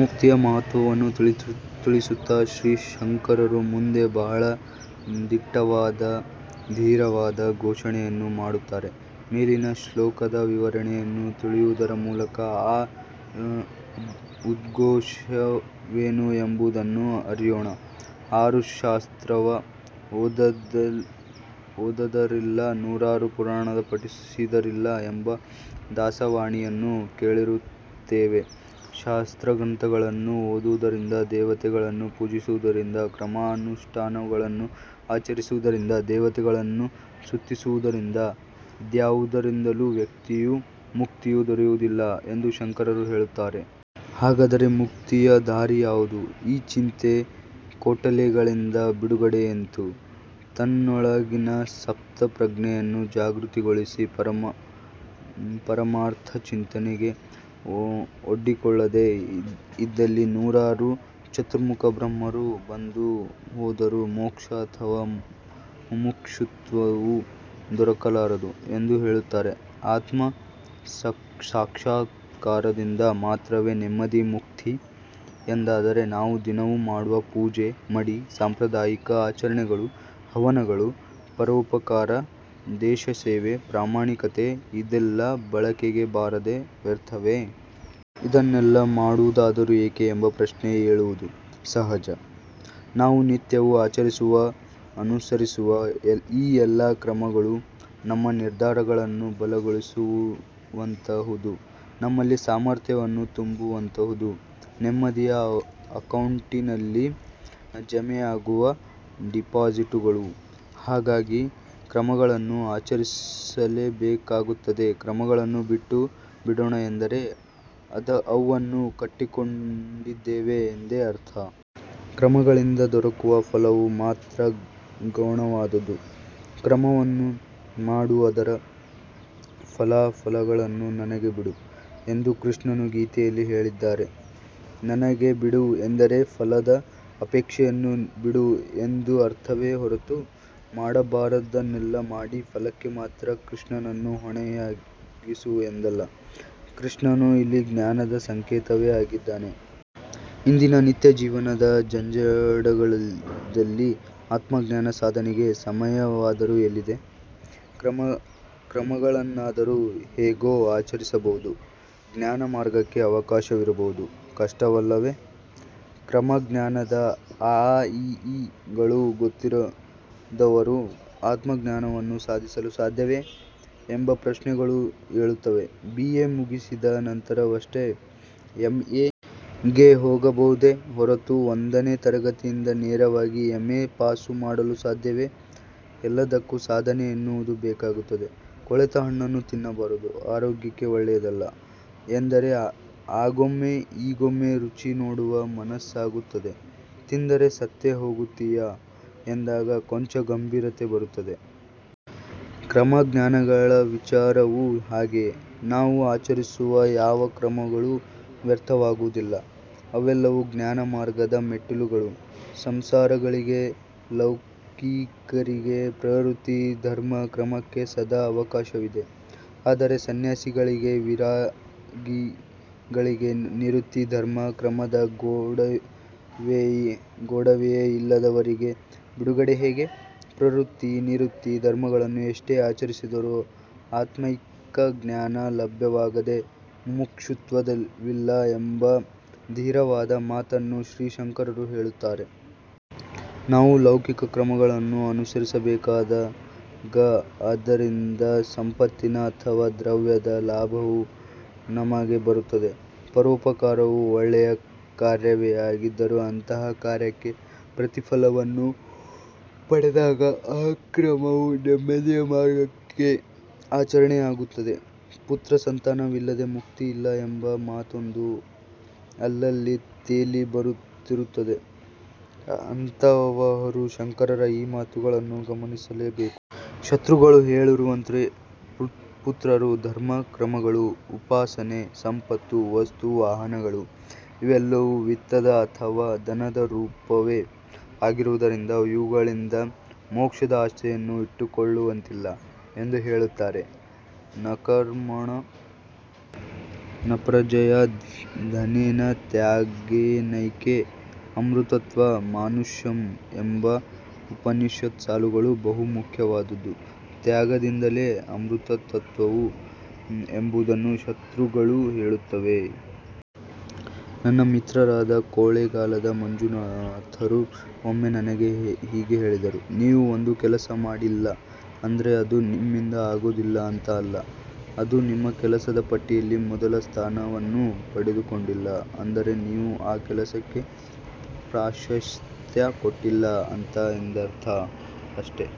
ಮುಕ್ತಿಯ ಮಹತ್ವವನ್ನು ತಿಳಿಸುತ್ತಾ ಶ್ರೀ ಶಂಕರರು ಮುಂದೆ ಬಹಳ ದಿಟ್ಟವಾದ ಧೀರವಾದ ಘೋಷಣೆಯನ್ನು ಮಾಡುತ್ತಾರೆ. ಮೇಲಿನ ಶ್ಲೋಕದ ವಿವರಣೆಯನ್ನು ತಿಳಿಯುವುದರ ಮೂಲಕ ಆ ಉದ್ಘೋಷವೇನು ಎಂಬುದನ್ನು ಅರಿಯೋಣ. "ಆರು ಶಾಸ್ತ್ರವ ಓದಿದರಿಲ್ಲ ನೂರಾರು ಪುರಾಣವ ಪಠಿಸಿದರಿಲ್ಲ" ಎಂಬ ದಾಸವಾಣಿಯನ್ನು ಕೇಳಿರುತ್ತೇವೆ. ಶಾಸ್ತ್ರಗ್ರಂಥಗಳನ್ನು ಓದುವುದರಿಂದ, ದೇವತೆಗಳನ್ನು ಪೂಜಿಸುವುದರಿಂದ, ಕರ್ಮಾನುಷ್ಠಾನಗಳನ್ನು ಆಚರಿಸುವುದರಿಂದ, ದೇವತೆಗಳನ್ನು ಸ್ತುತಿಸುವುದರಿಂದ, ಇದ್ಯಾವುದರಿಂದಲೂ ಮುಕ್ತಿಯು ದೊರೆಯುವುದಿಲ್ಲ ಎಂದು ಶಂಕರರು ಹೇಳುತ್ತಾರೆ. ಹಾಗಾದರೆ ಮುಕ್ತಿಯ ದಾರಿ ಯಾವುದು? ಈ ಚಿಂತೆ-ಕೋಟಲೆಗಳಿಂದ ಬಿಡುಗಡೆ ಎಂತು?. ತನ್ನೊಳಗಿನ ಸುಪ್ತ ಪ್ರಜ್ಞೆಯನ್ನು ಜಾಗೃತಗೊಳಿಸಿ ಪರಮಾರ್ಥ ಚಿಂತನೆಗೆ ಒಡ್ಡಿಕೊಳ್ಳದೆ ಇದ್ದಲ್ಲಿ ನೂರಾರು ಚತುರ್ಮುಖ ಬ್ರಹ್ಮರು ಬಂದು ಹೋದರೂ ಮೋಕ್ಷ ಅಥವಾ ಮುಮುಕ್ಷುತ್ವವು ದೊರಕಲಾರದು ಎಂದು ಹೇಳುತ್ತಾರೆ. ಆತ್ಮ ಸಾಕ್ಷಾತ್ಕಾರದಿಂದ ಮಾತ್ರವೇ ನೆಮ್ಮದಿ, ಮುಕ್ತಿ ಎಂದಾದರೆ ನಾವು ದಿನವೂ ಮಾಡುವ ಪೂಜೆ, ಮಡಿ, ಸಾಂಪ್ರದಾಯಿಕ ಆಚರಣೆಗಳು, ಹವನಗಳು, ಪರೋಪಕಾರ, ದೇಶಸೇವೆ, ಪ್ರಾಮಾಣಿಕತೆ ಇದೆಲ್ಲಾ ಬಳಕೆಗೆ ಬಾರದ್ದೇ ವ್ಯರ್ಥವೇ? ಇದನ್ನೆಲ್ಲಾ ಮಾಡುವುದಾದರೂ ಏಕೆ ಎಂಬ ಪ್ರಶ್ನೆ ಏಳುವುದು ಸಹಜ. ನಾವು ನಿತ್ಯವೂ ಆಚರಿಸುವ-ಅನುಸರಿಸುವ ಈ ಎಲ್ಲಾ ಕರ್ಮಗಳೂ ನಮ್ಮ ನಿರ್ಧಾರಗಳನ್ನು ಬಲಗೊಳಿಸುವಂತಹುದು. ನಮ್ಮಲ್ಲಿ ಸಾಮರ್ಥ್ಯವನ್ನು ತುಂಬುವಂತಹುದು. ನೆಮ್ಮದಿಯ ಅಕೌಂಟಿನಲ್ಲಿ ಜಮೆಯಾಗುವ ಡಿಪಾಸಿಟ್ಟುಗಳು. ಹಾಗಾಗಿ ಕರ್ಮಗಳನ್ನು ಆಚರಿಸಲೇಬೇಕಾಗುತ್ತದೆ. ಕರ್ಮಗಳನ್ನು ಬಿಟ್ಟು ಬಿಡೋಣ ಎಂದರೆ, ಅವನ್ನು ಕಟ್ಟಿಕೊಂಡಿದ್ದೇವೆ ಎಂದೇ ಅರ್ಥ!. ಕರ್ಮಗಳಿಂದ ದೊರೆಯುವ ಫಲವು ಮಾತ್ರ ಗೌಣವಾದುದು. 'ಕರ್ಮವನ್ನು ಮಾಡು ಅದರ ಫಲಾಫಲಗಳನ್ನು ನನಗೆ ಬಿಡು' ಎಂದು ಕೃಷ್ಣನು ಗೀತೆಯಲ್ಲಿ ಹೇಳಿದ್ದಾನೆ. 'ನನಗೆ ಬಿಡು' ಎಂದರೆ ಫಲದ ಅಪೇಕ್ಷೆಯನ್ನು ಬಿಡು ಎಂದು ಅರ್ಥವೇ ಹೊರತು ಮಾಡಬಾರದ್ದನ್ನೆಲ್ಲಾ ಮಾಡಿ ಫಲಕ್ಕೆ ಮಾತ್ರ ಕೃಷ್ಣನನ್ನು ಹೊಣೆಯಾಗಿಸು ಎಂದಲ್ಲ. ಕೃಷ್ಣನು ಇಲ್ಲಿ ಜ್ಞಾನದ ಸಂಕೇತವೇ ಆಗಿದ್ದಾನೆ. ಇಂದಿನ ನಿತ್ಯ ಜೀವನದ ಜಂಜಡದಲ್ಲಿ ಆತ್ಮಜ್ಞಾನ ಸಾಧನೆಗೆ ಸಮಯವಾದರೂ ಎಲ್ಲಿದೆ? ಕರ್ಮಗಳನ್ನಾದರೂ ಹೇಗೋ ಆಚರಿಸಬಹುದು, ಜ್ಞಾನಮಾರ್ಗಕ್ಕೆ ಅವಕಾಶವಾಗುವುದು ಕಷ್ಟವಲ್ಲವೆ? ಕರ್ಮ-ಜ್ಞಾನಗಳ ಅ ಆ ಇ ಈ ಗಳೂ ಗೊತ್ತಿರದವರು ಆತ್ಮಜ್ಞಾನವನ್ನು ಸಾಧಿಸಲು ಸಾಧ್ಯವೆ? ಎಂಬ ಪ್ರಶ್ನೆಗಳು ಏಳುತ್ತದೆ. ಬಿ. ಎ. ಮುಗಿಸಿದ ನಂತರವಷ್ಟೇ ಎಂ. ಎ. ಗೆ ಹೋಗಬಹುದೇ ಹೊರತು ಒಂದನೇ ತರಗತಿಯಿಂದ ನೇರವಾಗಿ ಎಂ. ಎ. ಪಾಸು ಮಾಡಲು ಸಾಧ್ಯವಿಲ್ಲ. ಎಲ್ಲದಕ್ಕೂ ಸಾಧನೆ ಎನ್ನುವುದು ಬೇಕಾಗುತ್ತದೆ. 'ಕೊಳೆತ ಹಣ್ಣನ್ನು ತಿನ್ನಬಾರದು ಆರೋಗ್ಯಕ್ಕೆ ಒಳ್ಳೆಯದಲ್ಲಾ' ಎಂದರೆ ಆಗೊಮ್ಮೆ ಈಗೊಮ್ಮೆ ರುಚಿ ನೋಡುವ ಮನಸಾಗುತ್ತದೆ. 'ತಿಂದರೆ ಸತ್ತೇ ಹೋಗುತ್ತಿಯಾ' ಎಂದಾಗ ಕೊಂಚ ಗಂಭೀರತೆ ಬರುತ್ತದೆ. ಕರ್ಮ-ಜ್ಞಾನಗಳ ವಿಚಾರವೂ ಹಾಗೆಯೇ. ನಾವು ಆಚರಿಸುವ ಯಾವ ಕರ್ಮಗಳೂ ವ್ಯರ್ಥವಾಗುವುದಿಲ್ಲ, ಅವೆಲ್ಲವೂ ಜ್ಞಾನ ಮಾರ್ಗದ ಮೆಟ್ಟಿಲುಗಳು. ಸಂಸಾರಿಗಳಿಗೆ ಲೌಕಿಕರಿಗೆ ಪ್ರವೃತ್ತಿ ಧರ್ಮ ಕರ್ಮಕ್ಕೆ ಸದಾ ಅವಕಾಶವಿದೆ, ಆದರೆ ಸನ್ಯಾಸಿಗಳಿಗೆ, ವಿರಾಗಿಗಳಿಗೆ ನಿವೃತ್ತಿ ಧರ್ಮ ಕರ್ಮದ ಗೊಡವೆಯೇ ಇಲ್ಲದವರಿಗೆ ಬಿಡುಗಡೆ ಹೇಗೆ?. ಪ್ರವೃತ್ತಿ-ನಿವೃತ್ತಿ ಧರ್ಮಗಳನ್ನು ಎಷ್ಟೇ ಆಚರಿಸಿದರೂ 'ಆತ್ಮೈಕ ಜ್ಞಾನ' ಲಭ್ಯವಾಗದೆ ಮುಮುಕ್ಷುತ್ವವಿಲ್ಲ ಎಂಬ ಧೀರವಾದ ಮಾತನ್ನು ಶ್ರೀ ಶಂಕರರು ಹೇಳುತ್ತಾರೆ. ನಾವು ಲೌಕಿಕ ಕರ್ಮಗಳನ್ನು ಅನುಸರಿಸಿದಾಗ ಅದರಿಂದ ಸಂಪತ್ತಿನ ಅಥವಾ ದ್ರವ್ಯದ ಲಾಭವು ನಮಗೆ ಬರುತ್ತದೆ. ಪರೋಪಕಾರವು ಒಳ್ಳೆಯ ಕಾರ್ಯವೇ ಆಗಿದ್ದರೂ ಅಂತಹ ಕಾರ್ಯಕ್ಕೆ ಪ್ರತಿಫಲವನ್ನು ಪಡೆದಾಗ ಆ ಕರ್ಮವು ನೆಮ್ಮದಿಯ ಮಾರ್ಗಕ್ಕೆ ಅಡಾಚಣೆಯಾಗುತ್ತದೆ. 'ಪುತ್ರ ಸಂತಾನವಿಲ್ಲದೆ ಮುಕ್ತಿಯಿಲ್ಲ' ಎಂಬ ಮಾತೊಂದು ಅಲ್ಲಲ್ಲಿ ತೇಲಿ ಬರುತ್ತಿರುತ್ತದೆ. ಅಂತಹವರು ಶಂಕರರ ಈ ಮಾತನ್ನು ಗಮನಿಸಲೇ ಬೇಕು. " ಶ್ರುತಿಗಳು ಹೇಳಿರುವಂತೆ ಪುತ್ರರು, ಧರ್ಮ-ಕರ್ಮಗಳು, ಉಪಾಸನೆ, ಸಂಪತ್ತು, ವಸ್ತು-ವಾಹನಗಳು, ಇವೆಲ್ಲವೂ ವಿತ್ತದ ಅಥವಾ ಧನದ ರೂಪವೇ ಆಗಿರುವುದರಿಂದ ಇವುಗಳಿಂದ ಮೋಕ್ಷದ ಆಸೆಯನ್ನು ಇಟ್ಟುಕೊಳ್ಳುವಂತಿಲ್ಲ" ಎಂದು ಹೇಳುತ್ತಾರೆ. 'ನಕರ್ಮಣಾ ನಪ್ರಜಯಾ ಧನೇನ ತ್ಯಾಗೇನೈಕೇ ಅಮೃತತ್ವ ಮಾನಶುಃ' ಎಂಬ ಉಪನಿಷತ್ತಿನ ಸಾಲುಗಳು ಬಹು ಪ್ರಖ್ಯಾತವಾದುದು. ತ್ಯಾಗದಿಂದಲೇ ಅಮೃತತ್ವವು ಎಂಬುದನ್ನು ಶ್ರುತಿಗಳು ಹೇಳುತ್ತವೆ. ನನ್ನ ಮಿತ್ರರಾದ ಕೊಳ್ಳೇಗಾಲದ ಮಂಜುನಾಥರು ಒಮ್ಮೆ ನನಗೆ ಹೀಗೆ ಹೇಳಿದ್ದರು "ನೀವು ಒಂದು ಕೆಲಸ ಮಾಡಿಲ್ಲ ಅಂದ್ರೆ ಅದು ನಿಮ್ಮಿಂದ ಆಗೋದಿಲ್ಲ ಅಂತಾ ಅಲ್ಲ, ಅದು ನಿಮ್ಮ ಕೆಲಸದ ಪಟ್ಟಿಯಲ್ಲಿ ಮೊದಲ ಸ್ಥಾನವನ್ನು ಪಡೆದುಕೊಂಡಿಲ್ಲ, ಅಂದರೆ ನೀವು ಆ ಕೆಲಸಕ್ಕೆ ಪ್ರಾಶಸ್ತ್ಯ ಕೊಟ್ಟಿಲ್ಲ ಅಂತ ಅರ್ಥ ಅಷ್ಟೆ ".